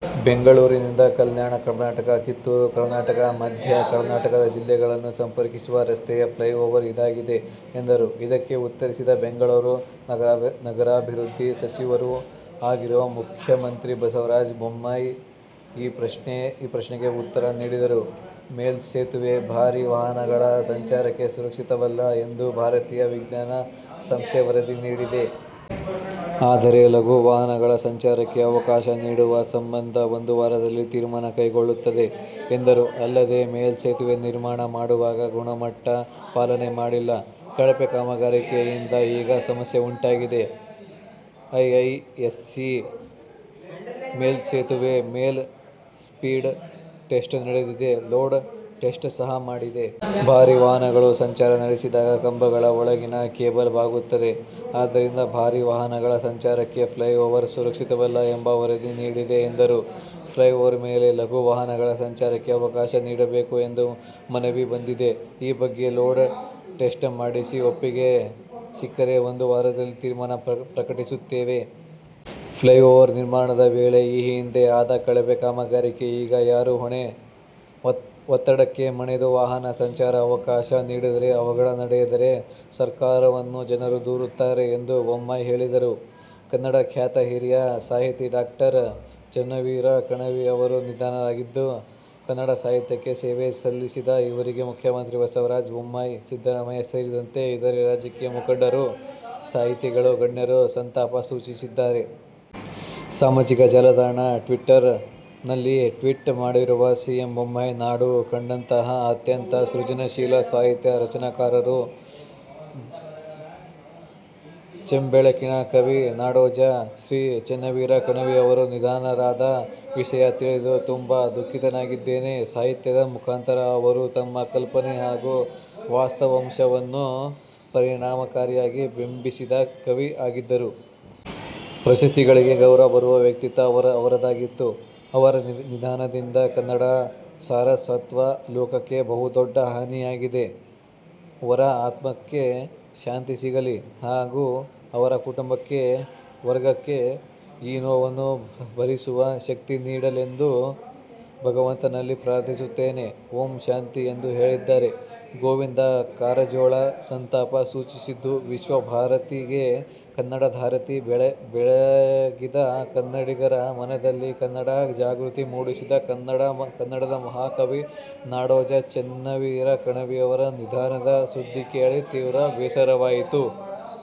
ಬೆಂಗಳೂರಿನಿಂದ ಕಲ್ಯಾಣ ಕರ್ನಾಟಕ, ಕಿತ್ತೂರು ಕರ್ನಾಟಕ, ಮಧ್ಯ ಕರ್ನಾಟಕದ ಜಿಲ್ಲೆಗಳನ್ನು ಸಂಪರ್ಕಿಸುವ ರಸ್ತೆಯ ಫ್ಲೈ ಓವರ್ ಇದಾಗಿದೆ ಎಂದರು. ಇದಕ್ಕೆ ಉತ್ತರಿಸಿದ ಬೆಂಗಳೂರು ನಗರಾಭಿವೃದ್ಧಿ ಸಚಿವರೂ ಆಗಿರುವ ಮುಖ್ಯಮಂತ್ರಿ ಬಸವರಾಜ ಬೊಮ್ಮಾಯಿ ಈ ಪ್ರಶ್ನೆಗೆ ಉತ್ತರ ನೀಡಿದರು. "ಮೇಲ್ಸೆತುವೆ ಭಾರೀ ವಾಹನಗಳ ಸಂಚಾರಕ್ಕೆ ಸುರಕ್ಷಿತವಲ್ಲ ಎಂದು ಭಾರತೀಯ ವಿಜ್ಞಾನ ಸಂಸ್ಥೆ ವರದಿ ನೀಡಿದೆ. ಆದರೆ ಲಘು ವಾಹನಗಳ ಸಂಚಾರಕ್ಕೆ ಅವಕಾಶ ನೀಡುವ ಸಂಬಂಧ ಒಂದು ವಾರದಲ್ಲಿ ತೀರ್ಮಾನ ಕೈಗೊಳ್ಳಲಾಗುತ್ತದೆ" ಎಂದರು. ಅಲ್ಲದೆ 'ಮೇಲ್ಸೆತುವೆ ನಿರ್ಮಾಣ ಮಾಡುವಾಗ ಗುಣಮಟ್ಟ ಪಾಲನೆ ಮಾಡಿಲ್ಲ. ಕಳಪೆ ಕಾಮಗಾರಿಯಿಂದ ಈಗ ಸಮಸ್ಯೆ ಉಂಟಾಗಿದೆ. ಐಐಎಸ್ಸಿ ಮೇಲ್ಸೆತುವೆ ಮೇಲೆ ಸ್ಪೀಡ್ ಟೆಸ್ಟ್ ನಡೆಸಿದೆ, ಲೋಡ್ ಟೆಸ್ಟ್ ಸಹ ಮಾಡಿದೆ. ಭಾರೀ ವಾಹನಗಳು ಸಂಚಾರ ನಡೆಸಿದಾಗ ಕಂಬಗಳ ಒಳಗಿನ ಕೇಬಲ್ ಬಾಗುತ್ತದೆ. ಆದ್ದರಿಂದ ಭಾರೀ ವಾಹನಗಳ ಸಂಚಾರಕ್ಕೆ ಫ್ಲೈ ಓವರ್ ಸುರಕ್ಷಿತವಲ್ಲ ಎಂಬ ವರದಿ ನೀಡಿದೆ ಎಂದರು. "ಫ್ಲೈ ಓವರ್ ಮೇಲೆ ಲಘು ವಾಹನಗಳ ಸಂಚಾರಕ್ಕೆ ಅವಕಾಶ ನೀಡಬೇಕು ಎಂಬ ಮನವಿಯೂ ಬಂದಿದೆ. ಈ ಬಗ್ಗೆ ಲೋಡ್ ಟೆಸ್ಟ್ ಮಾಡಿಸಿ ಒಪ್ಪಿಗೆ ಸಿಕ್ಕರೆ ಒಂದು ವಾರದಲ್ಲಿ ತೀರ್ಮಾನ ಪ್ರಕಟಿಸುತ್ತೇವೆ. ಫ್ಲೈ ಓವರ್ ನಿರ್ಮಾಣದ ವೇಳೆ ಈ ಹಿಂದೆ ಆದ ಕಳಪೆ ಕಾಮಗಾರಿಗೆ ಈಗ ಯಾರು ಹೊಣೆ. ಒತ್ತಡಕ್ಕೆ ಮಣಿದು ವಾಹನ ಸಂಚಾರಕ್ಕೆ ಅವಕಾಶ ನೀಡಿದರೆ ಅವಘಡ ನಡೆದರೆ ಸರ್ಕಾರವನ್ನು ಜನರು ದೂರುತ್ತಾರೆ ಎಂದು ಬೊಮ್ಮಾಯಿ ಹೇಳಿದರು. ಕನ್ನಡದ ಖ್ಯಾತ ಹಿರಿಯ ಸಾಹಿತಿ ಡಾ. ಚೆನ್ನವೀರ ಕಣವಿ ಅವರು ನಿಧನರಾಗಿದ್ದು, ಕನ್ನಡ ಸಾಹಿತ್ಯಕ್ಕೆ ಸೇವೆ ಸಲ್ಲಿಸಿದ ಇವರಿಗೆ ಮುಖ್ಯಮಂತ್ರಿ ಬಸವರಾಜ ಬೊಮ್ಮಾಯಿ, ಸಿದ್ದರಾಮಯ್ಯ ಸೇರಿದಂತೆ ಇತರೆ ರಾಜಕೀಯ ಮುಖಂಡರು, ಸಾಹಿತಿಗಳು, ಗಣ್ಯರು ಸಂತಾಪ ಸೂಚಿಸಿದ್ದಾರೆ. ಸಾಮಾಜಿಕ ಜಾಲತಾಣ ಟ್ವಿಟರ್ ನಲ್ಲಿ ಟ್ವೀಟ್ ಮಾಡಿರುವ ಸಿಎಂ ಬೊಮ್ಮಾಯಿ, ನಾಡು ಕಂಡಂತಹ ಅತ್ಯಂತ ಸೃಜನಶೀಲ ಸಾಹಿತ್ಯ ರಚನೆಕಾರರು, ಚಂಬೆಳಕಿನ ಕವಿ, ನಾಡೋಜ ಶ್ರೀ ಚೆನ್ನವೀರ ಕಣವಿ ಅವರು ನಿಧನರಾದ ವಿಷಯ ತಿಳಿದು ತುಂಬಾ ದುಃಖಿತನಾಗಿದ್ದೇನೆ. ಸಾಹಿತ್ಯದ ಮುಖಾಂತರ ಅವರು ತಮ್ಮ ಕಲ್ಪನೆ ಹಾಗೂ ವಾಸ್ತವಾಂಶವನ್ನು ಪರಿಣಾಮಕಾರಿಯಾಗಿ ಬಿಂಬಿಸಿದ ಕವಿ ಆಗಿದ್ದರು. ಪ್ರಶಸ್ತಿಗಳಿಗೆ ಗೌರವ ಬರುವ ವ್ಯಕ್ತಿತ್ವ ಅವರದಾಗಿತ್ತು. ಅವರ ನಿಧನದಿಂದ ಕನ್ನಡ ಸಾರಸ್ವತ ಲೋಕಕ್ಕೆ ಬಹುದೊಡ್ಡ ಹಾನಿಯಾಗಿದೆ. ವರ ಆತ್ಮಕ್ಕೆ ಶಾಂತಿ ಸಿಗಲಿ ಹಾಗು ಅವರ ಕುಟುಂಬ ವರ್ಗಕ್ಕೆ ಈ ನೋವನ್ನು ಭರಿಸುವ ಶಕ್ತಿ ನೀಡಲಿಯೆಂದು ಭಗವಂತನಲ್ಲಿ ಪ್ರಾರ್ಥಿಸುತ್ತೇನೆ. ಓಂ ಶಾಂತಿಃ ಎಂದು ಹೇಳಿದ್ದಾರೆ. ಗೋವಿಂದ ಕಾರಜೋಳ ಸಂತಾಪ ಸೂಚಿಸಿದ್ದು, ವಿಶ್ವ ಭಾರತಿಗೆ ಕನ್ನಡಧಾರತಿ ಬೆಳಗಿದ ಕನ್ನಡಿಗರ ಮನದಲ್ಲಿ ಕನ್ನಡ ಜಾಗೃತಿ ಮೂಡಿಸಿದ ಕನ್ನಡದ ಮಹಾಕವಿ ನಾಡೋಜ ಚೆನ್ನವೀರ ಕಣವಿಯವರ ನಿಧನದ ಸುದ್ಧಿ ಕೇಳಿ ತೀವ್ರ ಬೇಸರವಾಯಿತು.